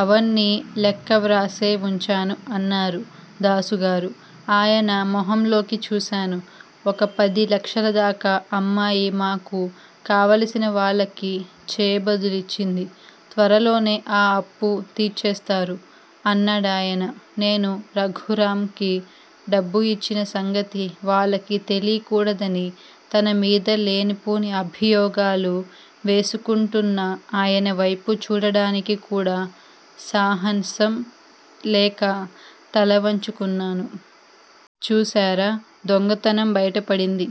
అవన్నీ లెక్క వ్రాసే వుంచాను అన్నారు దాసుగారు. ఆయన మొహంలోకి చూశాను. ఒక పది లక్షలదాకా అమ్మాయి మాకు కావలసినవాళ్ళకి చేబదులిచ్చింది. త్వరలోనే ఆ అప్పూ తీర్చేస్తారు అన్నాడాయన. నేను రఘురాంకి డబ్బు యిచ్చిన సంగతి వాళ్ళకి తెలీకూడదని తనమీద లేనిపోని అభియోగాలు వేసుకుంటున్న ఆయనవైపు చూడడానికి కూడా సాహసం లేక తలవంచుకున్నాను. చూశారా దొంగతనం బయటపడింది.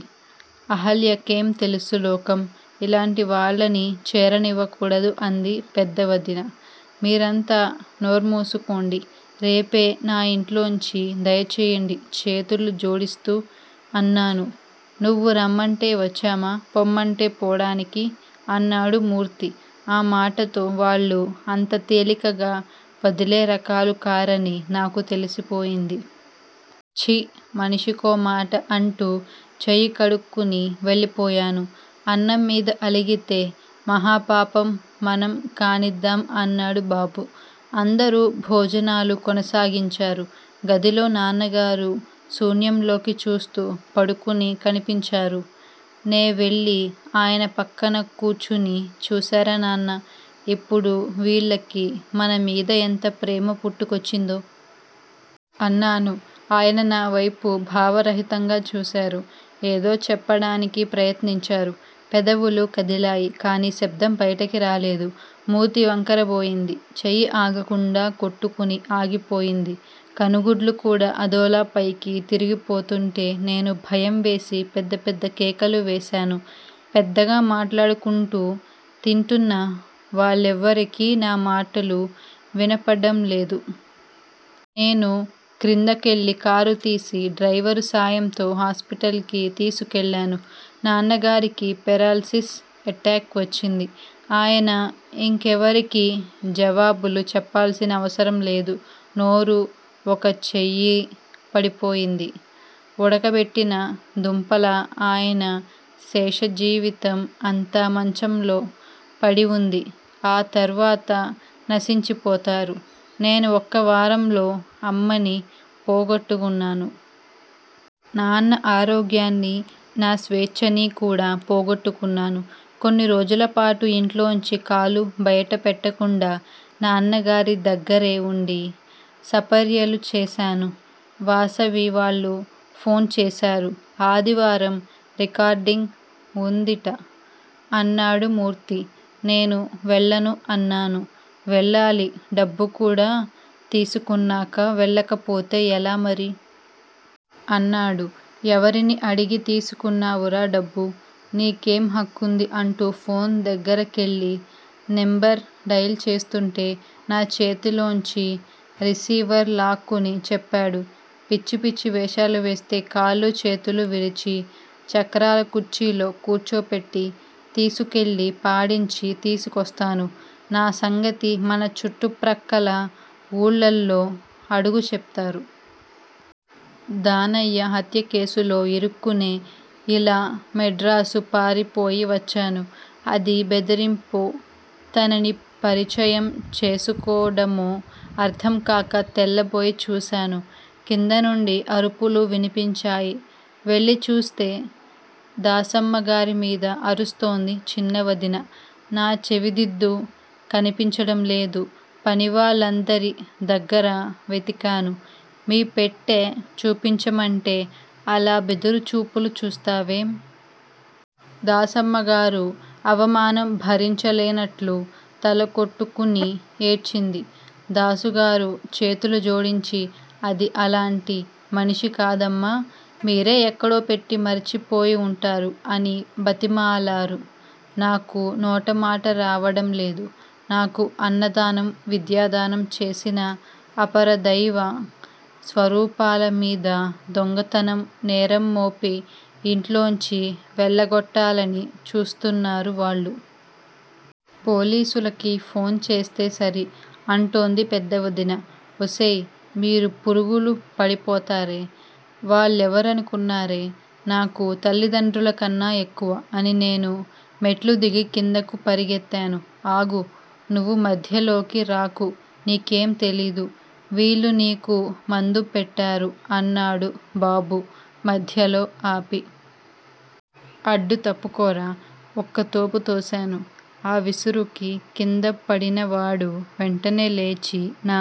అహల్యకేం తెలుసు లోకం? ఇలాంటివాళ్ళని చేరనివ్వకూడదు అంది పెద్ద వదిన. మీరంతా నోర్మూసుకోండి. రేపే నా ఇంట్లోంచి దయచెయ్యండి చేతులు జోడిస్తూ అన్నాను. నువ్వు రమ్మంటే వచ్చామా పొమ్మంటే పోడానికి? అన్నాడు మూర్తి. ఆ మాటతో వాళ్ళు అంత తేలికగా వదిలే రకాలు కారని నాకు తెలిసిపోయింది. ఛీ! మనిషికోమాట అంటూ చెయ్యి కడుక్కుని వెళ్ళిపోయాను. అన్నం మీద అలిగితే మహాపాపం మనం కానిద్దాం అన్నాడు బాబు. అందరూ భోజనాలు కొనసాగించారు. గదిలో నాన్నగారు శూన్యంలోకి చూస్తూ పడుకుని కనిపించారు. నేవెళ్ళి ఆయన పక్కన కూర్చుని చూశారా నాన్నా? ఇప్పుడు వీళ్ళకి మన మీద ఎంత ప్రేమ పుట్టుకొచ్చిందో? అన్నాను. ఆయన నావైపు భావరహితంగా చూశారు. ఏదో చెప్పడానికి ప్రయత్నించారు. పెదవులూ కదిలాయి. కానీ శబ్దం బయటికి రాలేదు. మూతి వంకరబోయింది. చెయ్యి ఆగకుండా కొట్టుకుని ఆగిపోయింది. కనుగుడ్లు కూడా అదోలా పైకి తిరిగిపోతుంటే నేను భయం వేసి పెద్ద పెద్ద కేకలు వేశాను. పెద్దగా మాట్లాడుకుంటూ తింటున్న వాళ్ళెవ్వరికీ నా మాటలు వినపడంలేదు. నేను క్రిందకెళ్ళి కారుతీసి డ్రైవరు సాయంతో హాస్పిటల్ కి తీసుకెళ్ళాను. నాన్నగారికి పెరాల్సిస్ ఎటాక్ వచ్చింది. ఆయన ఇంకెవరికీ జవాబులు చెప్పాల్సిన అవసరంలేదు. నోరూ, ఒక చెయ్యీ పడిపోయింది. ఉడకబెట్టిన దుంపలా ఆయన శేషజీవితం అంతా మంచంలో పడివుండి ఆ తర్వాత నశించిపోతారు. నేను ఒక్క వారంలో అమ్మని పోగొట్టుకున్నాను. నాన్న ఆరోగ్యాన్నీ, నా స్వేచ్చనీ కూడా పోగొట్టుకున్నాను. కొన్ని రోజులపాటు ఇంట్లోంచి కాలు బయటపెట్టకుండా నాన్నగారి దగ్గరే వుండి సపర్యలు చేశాను. వాసవి వాళ్ళు ఫోన్ చేశారు. ఆదివారం రికార్డింగ్ వుందిట అన్నాడు మూర్తి. నేను వెళ్ళను అన్నాను. వెళ్ళాలి డబ్బు కూడా తీసుకున్నాకా వెళ్ళకపోతే ఎలా మరి? అన్నాడు. ఎవరిని అడిగి తీసుకున్నావురా డబ్బు? నీకేం హక్కుంది? అంటూ ఫోన్ దగ్గరకెళ్ళి నెంబర్ డైల్ చేస్తుంటే నా చేతిలోంచి రిసీవర్ లాక్కుని చెప్పాడు. పిచ్చి పిచ్చి వేషాలువేస్తే కాళ్ళూ చేతులూ విరిచి, చక్రాల కుర్చీలో కూర్చోపెట్టి తీసుకెళ్ళి పాడించి తీసుకొస్తాను. నా సంగతి మన చుట్టుప్రక్కల వూళ్ళల్లో అడుగు చెప్తారు. దానయ్య హత్యకేసులో ఇరుక్కునే ఇలా మెడ్రాసు పారిపోయి వచ్చాను. అది బెదిరింపొ, తనని పరిచయం చేసుకోడమో అర్ధంకాక తెల్లబోయి చూశాను. కింద నుండి అరుపులు వినిపించాయి. వెళ్ళి చూస్తే దాసమ్మగారి మీద అరుస్తోంది చిన్నవదిన. నా చెవిదిద్దు కనిపించడంలేదు. పనివాళ్ళందరి దగ్గరా వెతికాను. మీ పెట్టె చూపించమంటే అలా బెదురుచూపులు చూస్తావేం? దాసమ్మగారు అవమానం భరించలేనట్లు తల కొట్టుకుని ఏడ్చింది. దాసుగారు చేతులు జోడించి అది అలాంటి మనిషి కాదమ్మా! మీరే ఎక్కడో పెట్టి మరిచిపోయి వుంటారు అని బతిమాలారు. నాకు నోటమాట రావడంలేదు. నాకు అన్నదానం, విద్యాదానం చేసిన అపరదైవ స్వరూపాలమీద దొంగతనం నేరం మోపి యింట్లోంచి వెళ్ళగొట్టాలని చూస్తున్నారు వాళ్ళు. పోలీసులకి ఫోన్ చేస్తే సరి! అంటోంది పెద్ద వదిన. ఒసేయ్ మీరు పురుగులు పడిపోతారే వాళ్ళెవరనుకున్నారే? నాకు తల్లిదండ్రులకన్నా ఎక్కువ అని నేను మెట్లుదిగి కిందకి పరిగెత్తాను. ఆగు! నువ్వు మధ్యలోకి రాకు నీకేం తెలీదు. వీళ్ళు నీకు మందు పెట్టారు అన్నాడు బాబు మధ్యలో ఆపి. అడ్డు తప్పుకోరా! ఒక్కతోపు తోశాను. ఆ విసురుకి కిందపడినవాడు వెంటనే లేచి నా